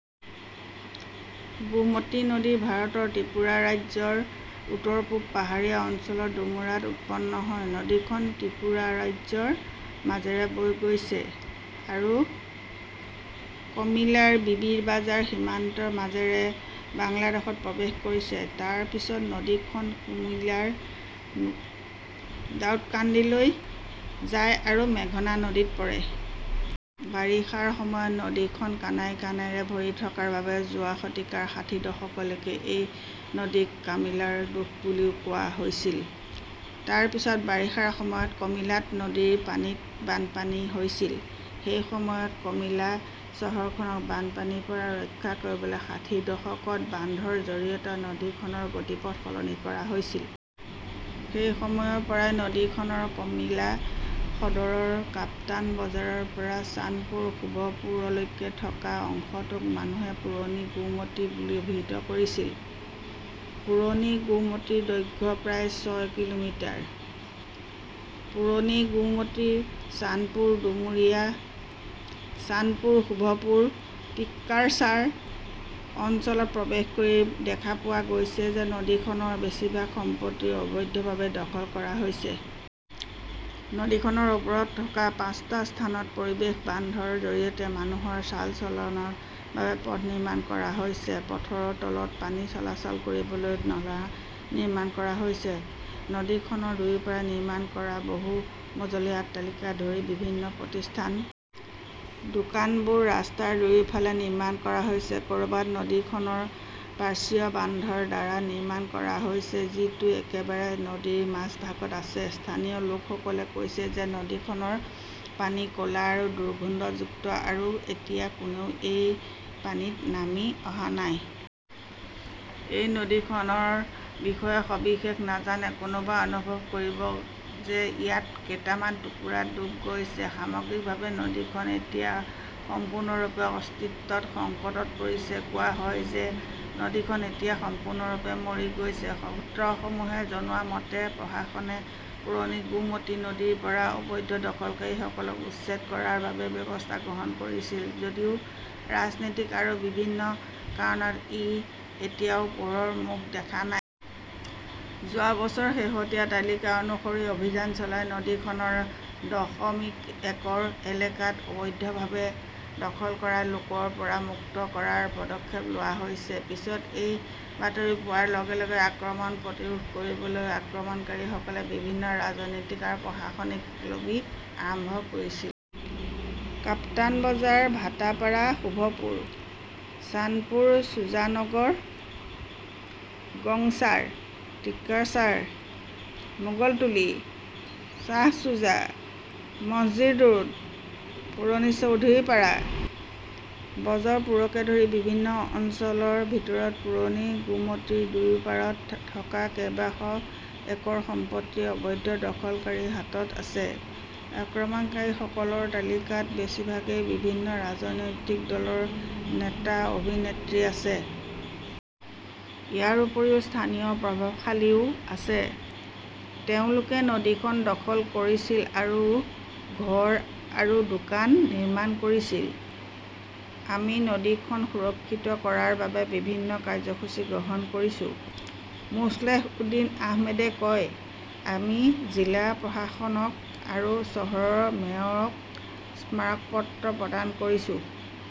গোমতী নদী ভাৰতৰ ত্ৰিপুৰা ৰাজ্যৰ উত্তৰ-পূব পাহাৰীয়া অঞ্চলৰ ডুমুৰাত উৎপন্ন হয়। নদীখন ত্ৰিপুৰা ৰাজ্যৰ মাজেৰে বৈ গৈছে আৰু কমিলাৰ বিবিৰবাজাৰ সীমান্তৰ মাজেৰে বাংলাদেশত প্ৰৱেশ কৰিছে। তাৰ পিছত নদীখন কুমিলাৰ দাউদকাণ্ডীলৈ যায় আৰু মেঘনা নদীত পৰে। বাৰিষাৰ সময়ত নদীখন কানাই কানাইৰে ভৰি থকাৰ বাবে যোৱা শতিকাৰ ষাঠিৰ দশকলৈকে এই নদীক কামিলাৰ দুখ বুলিও কোৱা হৈছিল। তাৰ পিছত বাৰিষাৰ সময়ত কমিলাত নদীৰ পানীত বানপানী হৈছিল। সেই সময়ত কমিলা চহৰখনক বানপানীৰ পৰা ৰক্ষা কৰিবলৈ ষাঠিৰ দশকত বান্ধৰ জৰিয়তে নদীখনৰ গতিপথ সলনি কৰা হৈছিল। সেই সময়ৰ পৰাই, নদীখনৰ কমিলা সদৰৰ কাপ্তান বজাৰৰ পৰা চানপুৰ, শুভপুৰলৈকে থকা অংশটোক মানুহে পুৰণি গোমতী বুলি অভিহিত কৰিছিল। পুৰণি গোমতীৰ দৈৰ্ঘ্য প্ৰায় ছয় কিলোমিটাৰ। পুৰণি গোমতীৰ চানপুৰ, ডুমুৰিয়া চানপুৰ, শুভপুৰ, টিক্কাৰচাৰ অঞ্চলত প্ৰৱেশ কৰি দেখা পোৱা গৈছে যে নদীখনৰ বেছিভাগ সম্পত্তি অবৈধভাৱে দখল কৰা হৈছে। নদীখনৰ ওপৰত থকা পাঁচটা স্থানত পৰিৱেশ বান্ধৰ জৰিয়তে মানুহৰ চাল চলনৰ বাবে পথ নিৰ্মাণ কৰা হৈছে। পথৰ তলত পানী চলাচল কৰিবলৈ নলা নিৰ্মাণ কৰা হৈছে। নদীখনৰ দুয়োপাৰে নিৰ্মাণ কৰা বহু-মজলীয়া অট্টালিকা ধৰি বিভিন্ন প্ৰতিষ্ঠান। দোকানবোৰ ৰাস্তাৰ দুয়োফালে নিৰ্মাণ কৰা হৈছে, কৰবাত নদীখনৰ পাৰ্শ্বীয় বান্ধৰ দ্বাৰা নিৰ্মাণ কৰা হৈছে। যিটো একেবাৰে নদীৰ মাজভাগত আছে। স্থানীয় লোকসকলে কৈছে যে নদীখনৰ পানী ক'লা আৰু দুৰ্গন্ধযুক্ত, আৰু এতিয়া কোনেও এই পানীত নামি অহা নাই। এই নদীখনৰ বিষয়ে সবিশেষ নাজানে, কোনোবাই অনুভৱ কৰিব যে ইয়াত কেইটামান টুকুৰা ডুব গৈছে। সামগ্ৰিকভাৱে, নদীখন এতিয়া সম্পূৰ্ণৰূপে অস্তিত্বত সংকটত পৰিছে। কোৱা হয় যে নদীখন এতিয়া সম্পূৰ্ণৰূপে মৰি গৈছে, সূত্ৰসমূহে জনোৱা মতে, প্ৰশাসনে পুৰণি গোমতী নদীৰ পৰা অবৈধ দখলকাৰীসকলক উচ্ছেদ কৰাৰ বাবে ব্যৱস্থা গ্ৰহণ কৰিছিল যদিও ৰাজনৈতিক আৰু বিভিন্ন কাৰণত ই এতিয়াও পোহৰৰ মুখ দেখা নাই। যোৱা বছৰ শেহতীয়া তালিকা অনুসৰি অভিযান চলাই নদীখনৰ দশমিক একৰ এলেকাত অবৈধভাৱে দখল কৰা লোকৰ পৰা মুক্ত কৰাৰ পদক্ষেপ লোৱা হৈছে। পিছত এই বাতৰি পোৱাৰ লগে লগে আক্ৰমণ প্ৰতিৰোধ কৰিবলৈ আক্ৰমণকাৰীসকলে বিভিন্ন ৰাজনৈতিক আৰু প্ৰশাসনিক লবি আৰাম্ভ কৰিছিল। কাপ্তানবজাৰ, ভাটাপাৰা, শুভপুৰ, চানপুৰ, সুজানগৰ, গংচাৰ, টিক্কাৰচাৰ, মোগলতুলি শ্বাহছুজা, মছজিদ ৰোড, পুৰণি চৌধুৰীপাৰা, বজৰপুৰকে ধৰি বিভিন্ন অঞ্চলৰ ভিতৰত পুৰণি গোমতীৰ দুয়ো পাৰত থকা কেইবাশ একৰ সম্পত্তি অবৈধ দখলকাৰীৰ হাতত আছে। আক্ৰমণকাৰীসকলৰ তালিকাত বেছিভাগেই বিভিন্ন ৰাজনৈতিক দলৰ নেতা-অভিনেত্ৰী আছে। ইয়াৰ উপৰিও স্থানীয় প্ৰভাৱশালীও আছে। তেওঁলোকে নদীখন দখল কৰিছিল আৰু ঘৰ আৰু দোকান নিৰ্মাণ কৰিছিল। আমি নদীখন সুৰক্ষিত কৰাৰ বাবে বিভিন্ন কাৰ্যসূচী গ্ৰহণ কৰিছো, মোছলেহ উদ্দিন আহমেদে কয়। আমি জিলা প্ৰশাসনক আৰু চহৰৰ মেয়ৰক স্মাৰক পত্ৰ প্ৰদান কৰিছো।